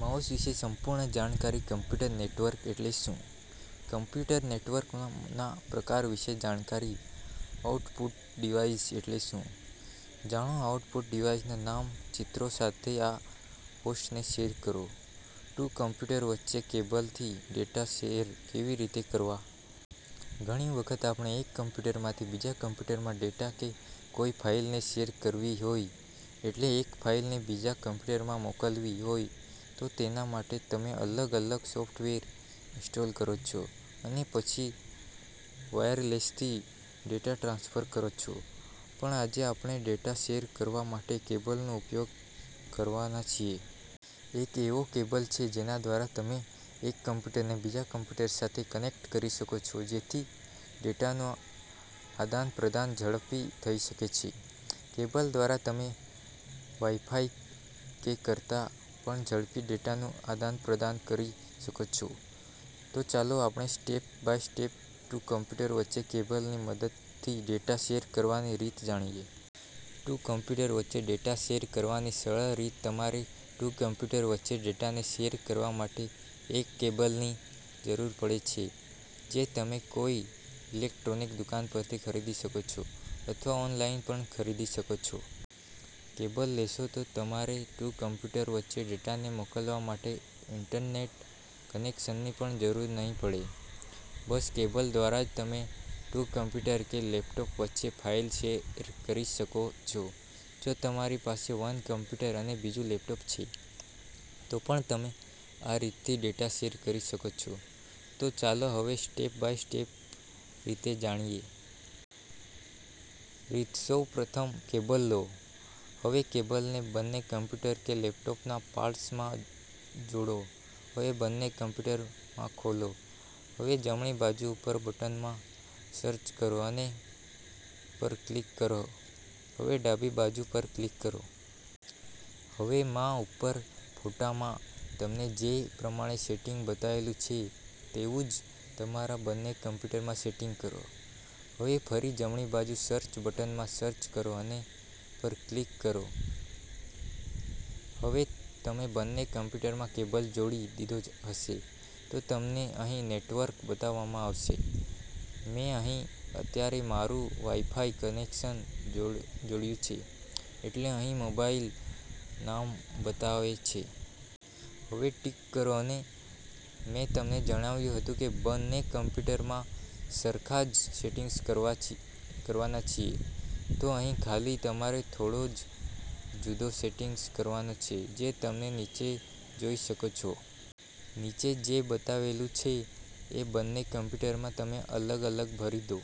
Mouse વિશે સંપૂર્ણ જાણકારી કમ્પ્યુટર નેટવર્ક એટલે શું? કમ્પ્યુટર નેટવર્કના પ્રકાર વિશે જાણકારી આઉટપુટ ડિવાઇસ એટલે શું? જાણો આઉટપુટ ડિવાઇસના નામ ચિત્રો સાથે આ પોસ્ટને શેર કરો. ટુ કમ્પ્યુટર વચ્ચે કેબલથી ડેટા શેર કેવી રીતે કરવા? ઘણી વખત આપણે એક કમ્પ્યુટરમાથી બીજા કમ્પ્યુટરમાં ડેટા કે કોઈ ફાઇલને શેર કરવી હોય એટલે એક ફાઇલને બીજા કમ્પ્યુટરમાં મોકલવી હોય તો તેના માટે તમે અલગ-અલગ સોફ્ટવેર ઇન્સ્ટોલ કરો છો અને પછી વાયરલેસથી ડેટા ટ્રાન્સફર કરો છો પણ આજે આપણે ડેટા શેર કરવા માટે કેબલનો ઉપયોગ કરવાના છીએ. એક એવો કેબલ છે જેના દ્વારા તમે એક કમ્પ્યુટરને બીજા કમ્પ્યુટર સાથે કનેક્ટ કરી શકો છો જેથી ડેટાનું આદાનપ્રદાન ઝડપી થઈ શકે છે. કેબલ દ્વારા તમે વાઈફાઈ કે કરતાં પણ ઝડપી ડેટાનું આદાનપ્રદાન કરી શકો છો, તો ચાલો આપણે step by step two computer વચ્ચે કેબલની મદદથી ડેટા શેર કરવાની રીત જાણીએ. ટુ કમ્પ્યુટર વચ્ચે ડેટા શેર કરવાની સરળ રીત તમારે ટુ કમ્પ્યુટર વચ્ચે ડેટાને શેર કરવા માટે એક કેબલની જરૂર પડે છે જે તમે કોઈ ઈલેક્ટ્રોનિક દુકાન પરથી ખરીદી શકો છો અથવા ઓનલાઇન પણ ખરીદી શકો છો. કેબલ લેશો તો તમારે ટુ કમ્પ્યુટર વચ્ચે ડેટાને મોકલવા માટે ઇન્ટરનેટ કનેક્શનની પણ જરૂર નહીં પડે, બસ કેબલ દ્વારા જ તમે ટુ કમ્પ્યુટર કે લેપટોપ વચ્ચે ફાઇલ શેર કરી શકો છો. જો તમારી પાસે વન કમ્પ્યુટર અને બીજું લેપટોપ છે તો પણ તમે આ રીતથી ડેટા શેર કરી શકો છો તો ચાલો હવે સ્ટેપ બાય સ્ટેપ રીત જાણીએ. રીત- સૌપ્રથમ કેબલ લો. હવે કેબલને બંને કમ્પ્યુટર કે લેપટોપના પોર્ટમાં જોડો. હવે બંને કમ્પ્યુટરમાં ખોલો. હવે જમણી બાજુ ઉપર બટનમાં સર્ચ કરો અને પર ક્લિક કરો. હવે ડાબી બાજુ પર ક્લિક કરો. હવે માં ઉપર ફોટામાં તમને જે પ્રમાણે સેટિંગ બતાવેલું છે તેવું જ તમારા બંને કમ્પ્યુટરમાં સેટિંગ કરો. હવે ફરી જમણી બાજુ સર્ચ બટનમાં સર્ચ કરો અને પર ક્લિક કરો. હવે તમે બંને કમ્પ્યુટરમાં કેબલ જોડી દીધો હશે તો તમને અહી નેટવર્ક બતાવવામાં આવશે, મે અહી અત્યારે મારૂ વાઈફાઈ કનેક્શન જોડયું છે એટલે અહી મોબાઇલ નામ બતાવે છે. હવે ટીક કરો અને મે તમને જણાવ્યુ હતું કે બંને કમ્પ્યુટરમાં સરખા જ સેટિંગ કરવાના છીએ તો અહી ખાલી તમારે થોડો ક જ જુદો સેટિંગ કરવાનો છે જે તમે નીચે જોઈ શકો છો. નીચે જે બતાવેલું છે એ બંને કમ્પ્યુટરમાં તમે અલગ-અલગ ભરી દો.